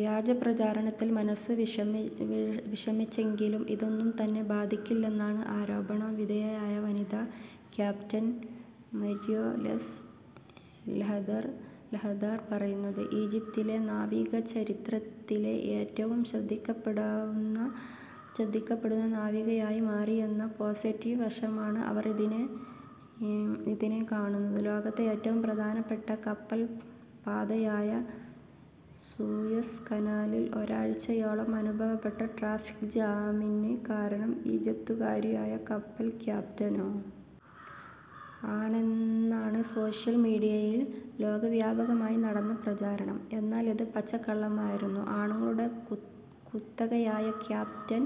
വ്യാജപ്രചാരണത്തിൽ മനസ്സ് വിഷമിച്ചെങ്കിലും, ഇതൊന്നും തന്നെ ബാധിക്കില്ലെന്നാണ് ആരോപണ വിധേയയായ വനിതാ ക്യാപ്റ്റൻ മര്വ എല്സ് ലെഹദാർ പറയുന്നത്. ഈജിപ്തിലെ നാവിക ചരിത്രത്തിലെ ഏറ്റവും ശ്രദ്ധിക്കപ്പെടുന്ന നാവികയായി മാറിയെന്ന പോസിറ്റീവ് വശമാണ് അവർ ഇതിനെ കാണുന്നത്. ലോകത്തെ ഏറ്റവും പ്രധാനപ്പെട്ട കപ്പൽ പാതയായ സൂയസ് കനാലിൽ ഒരാഴ്ചയോളം അനുഭവപ്പെട്ട ട്രാഫിക് ജാമിന് കാരണം ഈജിപ്തുകാരിയായ കപ്പൽ ക്യാപ്റ്റനോ? ആണെന്നാണ് സോഷ്യൽ മീഡിയയിൽ ലോകവ്യാപകമായി നടന്ന പ്രചാരണം. എന്നാൽ, ഇത് പച്ചക്കള്ളമായിരുന്നു. ആണുങ്ങളുടെ കുത്തകയായ ക്യാപറ്റൻ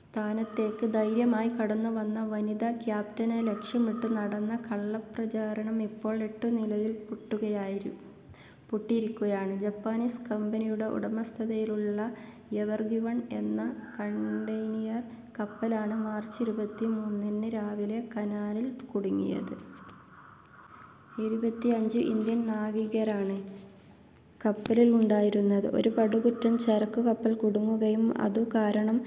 സ്ഥാനത്തേക്ക് ധൈര്യമായി കടന്നു വന്ന വനിതാ ക്യാപ്റ്റനെ ലക്ഷ്യമിട്ട് നടന്ന കള്ളപ്രചാരണം ഇപ്പോൾ എട്ടുനിലയിൽ പൊട്ടുകയായിരുന്നു പൊട്ടിയിരിക്കുക യിരിക്കുകയാണ്. ജപ്പാനീസ് കമ്പനിയുടെ ഉടമസ്ഥതയിലുളള എവർഗിവൺ എന്ന കണ്ടെയിനർ കപ്പലാണ് മാർച്ച് ഇരുപത്തിമൂന്നിന് രാവിലെ കനാലിൽ കുടുങ്ങിയത്. ഇരുപത്തിയഞ്ചു ഇന്ത്യൻ നാവികരാണ് കപ്പലിൽ ഉണ്ടായിരുന്നത്. ഒരു പടുകൂറ്റൻ ചരക്കുകപ്പൽ കുടുങ്ങുകയും അതുകാരണം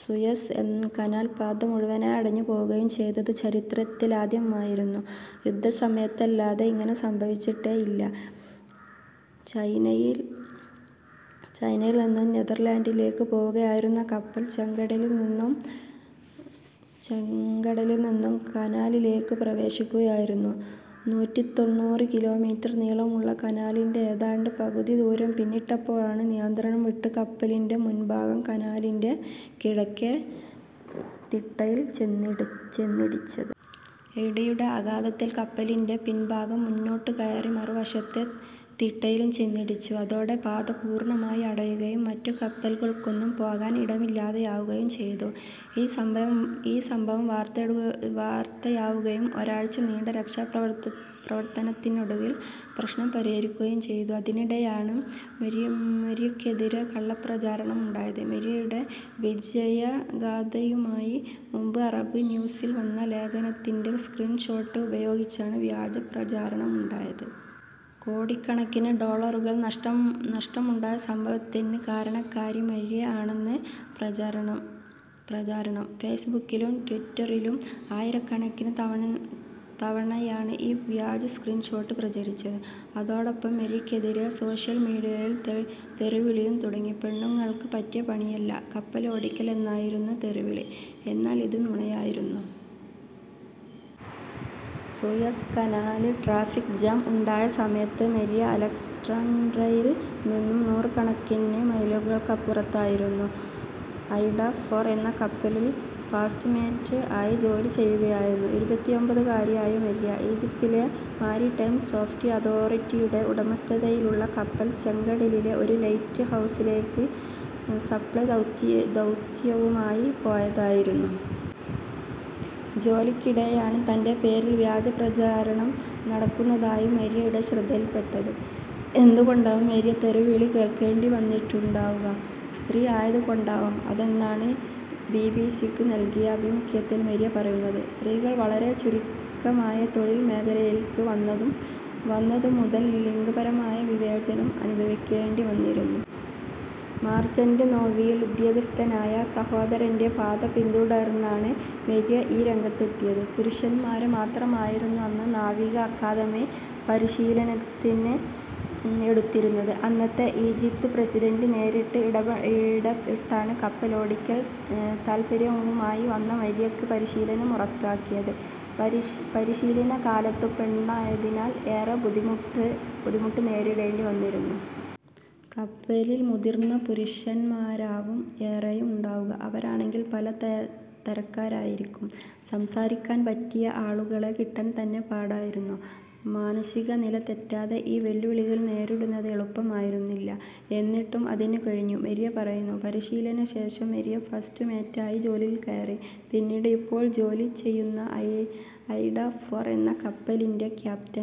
സൂയസ് കനാൽ പാത മുഴുവനായി അടഞ്ഞുപോവുകയും ചെയ്തത്ചരിത്രത്തിലാദ്യമായിരുന്നു. യുദ്ധസമയത്തല്ലാതെ ഇങ്ങനെ സംഭവിച്ചിട്ടേയില്ല. ചൈനയിൽ നിന്നു നെതെർലാന്റിലേക്ക് പോവുകയായിരുന്ന കപ്പൽ ചെങ്കടലിൽ നിന്നു കനാലിലേക്കു പ്രവേശിക്കുകയായിരുന്നു. നൂറ്റിത്തൊണ്ണൂറ്‍ കിലോമീറ്റർ നീളമുള്ള കനാലിന്റെ ഏതാണ്ട് പകുതിദൂരം പിന്നിട്ടപ്പോഴാണ് നിയന്ത്രണം വിട്ട് കപ്പലിന്റെ മുൻഭാഗം കനാലിന്റെ കിഴക്കെ തിട്ടയിൽ ചെന്നിടിച്ചത്. ഇടിയുടെ ആഘാതത്തിൽ കപ്പലിന്റെ പിൻഭാഗം മുന്നോട്ടുകയറി മറുവശത്തെ തിട്ടയിലും ചെന്നിടിച്ചു. അതോടെ പാത പൂർണ്ണമായി അടയുകയും മറ്റു കപ്പലുകൾക്കൊന്നും പോകാൻ ഇടമില്ലാതാവുകയും ചെയ്തു. ഈ സംഭവം വാർത്തയാവുകയും ഒരാഴ്ച നീണ്ട രക്ഷാപ്രവർത്തനത്തിനൊടുവിൽ പ്രശ്നം പരിഹരിക്കുകയും ചെയ്തു. അതിനിടെയാണ്, മര്വക്കെതിരെ കള്ള പ്രചാരണം ഉണ്ടായത്. മര്വയുടെ വിജയഗാഥയുമായി മുമ്പ് അറബ് ന്യൂസിൽ വന്ന ലേഖനത്തിന്റെ സ്ക്രീൻ ഷോട്ട് ഉപയോഗിച്ചാണ് വ്യാജ പ്രചാരണമുണ്ടായത്. കോടിക്കണക്കിന് ഡോളറുകൾ നഷ്ടമുണ്ടായ സംഭവത്തിന് കാരണക്കാരി മര്വ ആണെന്ന് പ്രചരണം. ഫേസ്ബുക്കിലും ട്വിറ്ററിലും ആയിരക്കണക്കിന് തവണയാണ് ഈ വ്യാജ സ്ക്രീൻ ഷോട്ട് പ്രചരിച്ചത്. അതോടൊപ്പം, മര്വക്കെതിരെ സോഷ്യൽ മീഡിയയിൽ തെറിവിളിയും തുടങ്ങി. പെണ്ണുങ്ങൾക്ക് പറ്റിയ പണിയല്ല കപ്പലോടിക്കൽ എന്നായിരുന്നു തെറിവിളി. എന്നാൽ, ഇത് നുണയായിരുന്നു. സൂയസ് കനാലിൽ ട്രാഫിക് ജാം ഉണ്ടായ സമയത്ത് മര്വ അലക്സാൻഡ്രിയയിൽ നിന്നും നൂറുകണക്കിന് മൈലുകൾക്കപ്പുറത്തായിരുന്നു. ഐഡ ഫോർ എന്ന കപ്പലിൽ ഫസ്റ്റ്മേറ്റ് ആയി ജോലി ചെയ്യുകയായിരുന്നു ഇരുപത്തിഒമ്പതുകാരിയായ മര്വ. ഈജിപ്തിലെ മാരിടൈം സേഫ്റ്റി അതോറിറ്റിയുടെ ഉടമസ്ഥതതയിലുള്ള കപ്പൽ ചെങ്കടലിലെ ഒരു ലൈറ്റ് ഹൗസിലേക്ക് സപ്ലൈ ദൗത്യവുമായി പോയതായിരുന്നു. ജോലിക്കിടെയാണ്, തന്റെ പേരിൽ വ്യാജപ്രചാരണം നടക്കുന്നതായി മര്വയുടെ ശ്രദ്ധയിൽ പെട്ടത്. എന്തു കൊണ്ടാവും മര്വ തെറിവിളി കേൾക്കേണ്ടി വന്നിട്ടുണ്ടാവുക? സ്ത്രീ ആയതു കൊണ്ടാവും അതെന്നാണ് ബിബിസിക്ക് നൽകിയ അഭിമുഖത്തിൽ മര്വ പറയുന്നത്. സ്ത്രീകൾ വളരെ ചുരുക്കമായ തൊഴിൽ മേഖലയിലേക്ക് വന്നതു മുതൽ ലിംഗപരമായ വിവേചനം അനുഭവിക്കേണ്ടി വന്നിരുന്നു. മർച്ചന്റ് നേവിയിൽ ഉദ്യോഗസ്ഥനായ സഹോദരന്റെ പാത പിന്തുടർന്നാണ് മര്വ ഈ രംഗത്തെത്തിയത്. പുരുഷന്മാരെ മാത്രമായിരുന്നു അന്ന് നാവിക അക്കാദമി പരിശീലനത്തിന് എടുത്തിരുന്നത്. അന്നത്തെ ഈജിപ്ത് പ്രസിഡന്റ് നേരിട്ട് ഇടപെട്ടാണ് കപ്പലോടിക്കാൻ താൽപര്യവുമായി വന്ന മര്വയ്ക്ക് പരിശീലനം ഉറപ്പാക്കിയത്. പരിശീലന കാലത്തും പെണ്ണായതിനാൽ ഏറെ ബുദ്ധിമുട്ടു നേരിടേണ്ടി വന്നിരുന്നു. '' കപ്പലിൽ മുതിർന്ന പുരുഷന്മാരാവും ഏറെയും ഉണ്ടാവുക. അവരാണെങ്കിൽ പല തരക്കാരായിരിക്കും. സംസാരിക്കാൻ പറ്റിയ ആളുകളെ കിട്ടാൻ തന്നെ പാടായിരുന്നു. മാനസിക നില തെറ്റാതെ, ഈ വെല്ലുവിളികൾ നേരിടുന്നത് എളുപ്പമായിരുന്നില്ല. എന്നിട്ടും അതിനു കഴിഞ്ഞു''മര്വ പറയുന്നു. പരിശീലനശേഷം മര്വ ഫസ്റ്റ്മേറ്റായി ജോലിയിൽ കയറി. പിന്നീട്, ഇപ്പോൾ ജോലി ചെയ്യുന്ന ഐഡ ഫോർ എന്ന കപ്പലിന്റെ ക്യാപ്റ്റ.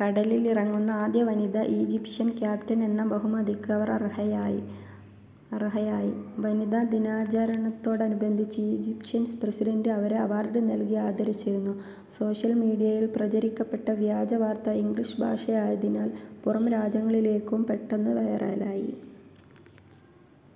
കടലിലിറങ്ങുന്ന ആദ്യ വനിതാ ഈജിപ്ഷ്യൻ ക്യാപ്റ്റൻ എന്ന ബഹുമതിക്ക് അവർ അർഹയായി. വനിതാ ദിനാചരണത്തോടനുബന്ധിച്ച് ഈജിപ്ഷ്യൻ പ്രസിഡന്റ് അവരെ അവാർഡ് നല്കി ആദരിച്ചിരുന്നു. സോഷ്യൽ മീഡിയയിൽ പ്രചരിക്കപ്പെട്ട വ്യാജ വാർത്ത ഇംഗ്ലീഷ് ഭാഷയിലായതിനാൽ പുറം രാജ്യങ്ങളിലേക്കും പെട്ടെന്ന് വൈറലായി.